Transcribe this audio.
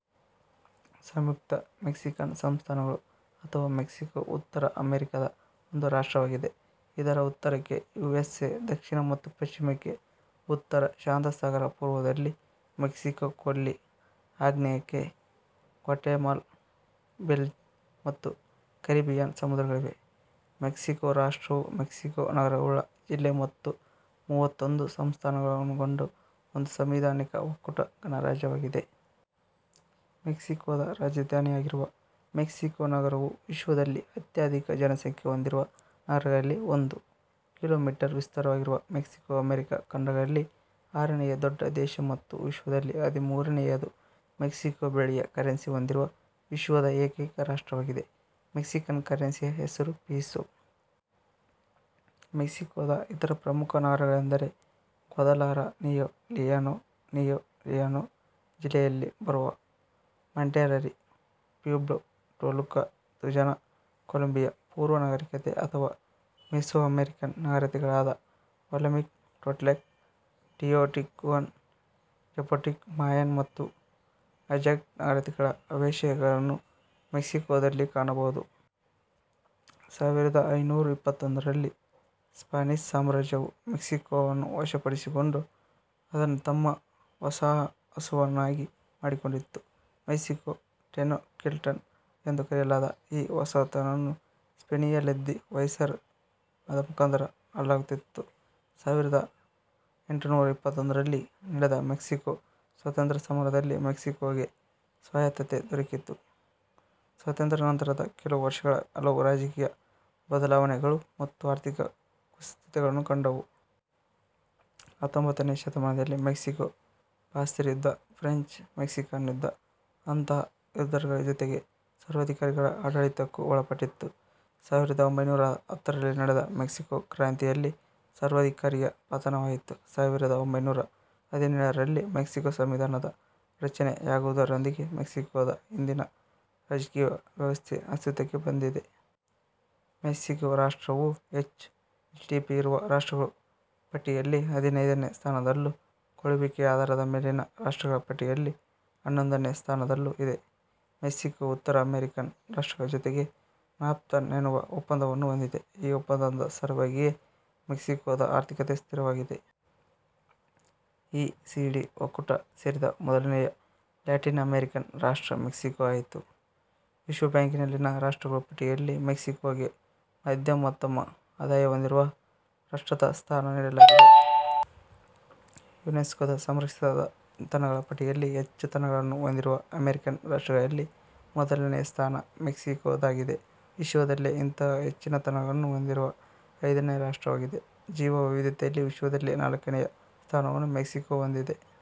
ಸಂಯುಕ್ತ Mexican ಸಂಸ್ಥಾನಗಳು ಅಥವಾ Mexico ಉತ್ತರ ಅಮೆರಿಕಾದ ಒಂದು ರಾಷ್ಟ್ರವಾಗಿದೆ. ಇದರ ಉತ್ತರಕ್ಕೆ ಯು. ಎಸ್. ಎ, ದಕ್ಷಿಣ ಮತ್ತು ಪಶ್ಚಿಮಕ್ಕೆ ಉತ್ತರ ಶಾಂತಸಾಗರ, ಪೂರ್ವದಲ್ಲಿ ಮೆಕ್ಸಿಕೋ ಕೊಲ್ಲಿ, ಆಗ್ನೇಯಕ್ಕೆ ಗ್ವಾಟೆಮಾಲಾ, ಬೆಲಿಝ್ ಮತ್ತು ಕೆರಿಬ್ಬಿಯನ್ ಸಮುದ್ರಗಳಿವೆ. ಮೆಕ್ಸಿಕೋ ರಾಷ್ಟ್ರವು ಮೆಕ್ಸಿಕೋ ನಗರವುಳ್ಳ ಜಿಲ್ಲೆ ಮತ್ತು ಮೂವತ್ತೊಂದು ಸಂಸ್ಥಾನಗಳನ್ನೊಳಗೊಂಡ ಒಂದು ಸಾಂವಿಧಾನಿಕ ಒಕ್ಕೂಟ ಗಣರಾಜ್ಯವಾಗಿದೆ. ಮೆಕ್ಸಿಕೋದ ರಾಜಧಾನಿಯಾಗಿರುವ ಮೆಕ್ಸಿಕೋ ನಗರವು ವಿಶ್ವದಲ್ಲಿ ಅತ್ಯಧಿಕ ಜನಸಂಖ್ಯೆ ಹೊಂದಿರುವ ನಗರಗಳಲ್ಲಿ ಒಂದು. ಕಿಲೋ ಮೀಟರ್ ವಿಸ್ತಾರವಾಗಿರುವ ಮೆಕ್ಸಿಕೋ ಅಮೆರಿಕಾ ಖಂಡಗಳಲ್ಲಿ ಆರನೆಯ ದೊಡ್ಡ ದೇಶ ಮತ್ತು ವಿಶ್ವದಲ್ಲಿ ಹದಿಮೂರನೆಯದು. ಮೆಕ್ಸಿಕೋ ಬೆಳ್ಳಿಯ ಕೆರೆನ್ಸಿ ಹೊಂದಿರುವ ವಿಶ್ವದ ಏಕೈಕ ರಾಷ್ಟ್ರವಾಗಿದೆ. ಮೆಕ್ಸಿಕನ್ ಕರೆನ್ಸಿಯ ಹೆಸರು ಪಿಸೋ. ಮೆಕ್ಸಿಕೋದ ಇತರ ಪ್ರಮುಖ ನಗರಗಳೆಂದರೆ Guadalajara, Nuevo Leon, Nuevo Leon ಜಿಲ್ಲೆಯಲ್ಲಿ ಬರುವ Monterrey, Puebla, Toluca, Tijuana. Columbia ಪೂರ್ವ ನಾಗರಿಕತೆ ಅಥವಾ ಮೆಸೋ ಅಮೇರಿಕನ್ ನಾಗರೀಕತೆಗಳಾದ Olmec, Toltec, Teotihuacan, Zapotec, Mayan ಮತ್ತು ಅಜ್ಟೆಕ್ ನಾಗರೀಕತೆಗಳ ಅವಶೇಷಗಳನ್ನು ಮೆಕ್ಸಿಕೋದಲ್ಲಿ ಕಾಣಬಹುದು. ಸಾವಿರದ ಐನೂರ ಇಪ್ಪತ್ತೊಂದರಲ್ಲಿ ಸ್ಪಾನಿಷ್ ಸಾಮ್ರಾಜ್ಯವು ಮೆಕ್ಸಿಕೋವನ್ನು ವಶಪಡಿಸಿಕೊಂಡು ಅದನ್ನು ತಮ್ಮ ವಸಾಹಸುವನ್ನಾಗಿ ಮಾಡಿಕೊಂಡಿತು. ಮೆಕ್ಸಿಕೋ-ಟೆನೊಕ್ಟಿಲಾನ್ ಎಂದು ಕರೆಯಲಾದ ಈ ವಸಾಹುತನ್ನು ಸ್ಪೇನಿನಲ್ಲಿದ್ದ ವೈಸರಾಯನ ಮುಖಾಂತರ ಆಳಲಾಗುತ್ತಿತ್ತು. ಸಾವಿರ ಎಂಟುನೂರ ಇಪ್ಪತ್ತೊಂದರಲ್ಲಿ ನಡೆದ ಮೆಕ್ಸಿಕೋ ಸ್ವಾತಂತ್ರ್ಯ ಸಮರದಲ್ಲಿ ಮೆಕ್ಸಿಕೋಗೆ ಸ್ವಾಯುತ್ತತೆ ದೊರಕಿತು. ಸ್ವಾತಂತ್ರ್ಯಾನಂತರದ ಕೆಲವು ವರ್ಷಗಳು ಹಲವು ರಾಜಕೀಯ ಬದಲಾವಣೆಗಳು ಮತ್ತು ಆರ್ಥಿಕ ಕುಸಿತಗಳನ್ನು ಕಂಡವು. ಹತ್ತೊಂಭತ್ತನೇ ಶತಮಾನದಲ್ಲಿನ ಮೆಕ್ಸಿಕೋ ಪಾಸ್ತ್ರಿ ಯುದ್ದ, ಫ್ರೆಂಚ್- ಮೆಕ್ಸಿಕನ್ ಯುದ್ದ, ಅಂತರ್ಯುದ್ದಗಳ ಜೊತೆಗೆ ಸರ್ವಾಧಿಕಾರಿಗಳ ಆಡಳಿತಕ್ಕೂ ಒಳಪಟ್ಟಿತು. ಸಾವಿರ ಒಂಭೈನೂರ ಹತ್ತರಲ್ಲಿ ನಡೆದ ಮೆಕ್ಸಿಕೋ ಕ್ರಾಂತಿಯಲ್ಲಿ ಸರ್ವಾಧಿಕಾರಿಯ ಪತನವಾಯಿತು. ಸಾವಿರದ ಒಂಭೈನೂರ ಹದಿನೇಳರಲ್ಲಿ ಮೆಕ್ಸಿಕೋ ಸಂವಿಧಾನದ ರಚನೆಯಾಗುವುದರೊಂದಿಗೆ ಮೆಕ್ಸಿಕೋದ ಇಂದಿನ ರಾಜಕೀಯ ವ್ಯವಸ್ಥೆ ಅಸ್ತಿತ್ವಕ್ಕೆ ಬಂದಿದೆ. ಮೆಕ್ಸಿಕೋ ರಾಷ್ಟ್ರವು ಹೆಚ್ಚು ಜಿ. ಡಿ. ಪಿ ಇರುವ ರಾಷ್ಟ್ರಗಳ ಪಟ್ಟಿಯಲ್ಲಿ ಹದಿನೈದನೇ ಸ್ಥಾನದಲ್ಲೂ ಕೊಳ್ಳುವಿಕೆಯ ಆಧಾರದ ಮೇಲಿನ ರಾಷ್ಟ್ರಗಳ ಪಟ್ಟಿಯಲ್ಲಿ ಹನ್ನೊಂದನೆ ಸ್ಥಾನದಲ್ಲೂ ಇದೆ. ಮೆಕ್ಸಿಕೋ ಉತ್ತರ ಅಮೇರಿಕನ್ ರಾಷ್ಟ್ರಗಳ ಜೊತೆಗೆ ನಾಫ್ತಾ ಎನ್ನುವ ಒಪ್ಪಂದವನ್ನು ಹೊಂದಿದೆ. ಈ ಒಪ್ಪಂದದ ಸಲುವಾಗಿಯೇ ಮೆಕ್ಸಿಕೋದ ಆರ್ಥಿಕತೆ ಸ್ಥಿರವಾಗಿದೆ. ಇ. ಸಿ. ಡಿ ಒಕ್ಕೂಟ ಸೇರಿದ ಮೊದಲನೆಯ ಲ್ಯಾಟಿನ್ ಅಮೇರಿಕನ್ ರಾಷ್ಟ್ರ ಮೆಕ್ಸಿಕೋ ಆಯಿತು. ವಿಶ್ವಬ್ಯಾಂಕಿನಲ್ಲಿನ ರಾಷ್ಟ್ರಗಳ ಪಟ್ಟಿಯಲ್ಲಿ ಮೆಕ್ಸಿಕೋಗೆ ಮಧ್ಯಮೋತ್ತಮ ಆದಾಯ ಹೊಂದಿರುವ ರಾಷ್ಟ್ರದ ಸ್ಥಾನ ನೀಡಲಾಗಿದೆ. ಯುನೆಸ್ಕೋದ ಸಂರಕ್ಷಿತ ತಾಣಗಳ ಪಟ್ಟಿಯಲ್ಲಿ ಹೆಚ್ಚು ತಾಣಗಳನ್ನು ಹೊಂದಿರುವ ಅಮೇರಿಕನ್ ರಾಷ್ಟ್ರಗಳಲ್ಲಿ ಮೊದಲನೆಯ ಸ್ಥಾನ ಮೆಕ್ಸಿಕೋದ್ದಾಗಿದೆ ವಿಶ್ವದಲ್ಲೇ ಇಂತಹ ಹೆಚ್ಚಿನ ತಾಣಗಳನ್ನು ಹೊಂದಿರುವ ಐದನೇ ರಾಷ್ಟ್ರವಾಗಿದೆ. ಜೀವ ವೈವಿಧ್ಯತೆಯಲ್ಲಿ ವಿಶ್ವದಲ್ಲೇ ನಾಲ್ಕನೆಯ ಸ್ಥಾನವನ್ನು ಮೆಕ್ಸಿಕೋ ಹೊಂದಿದೆ.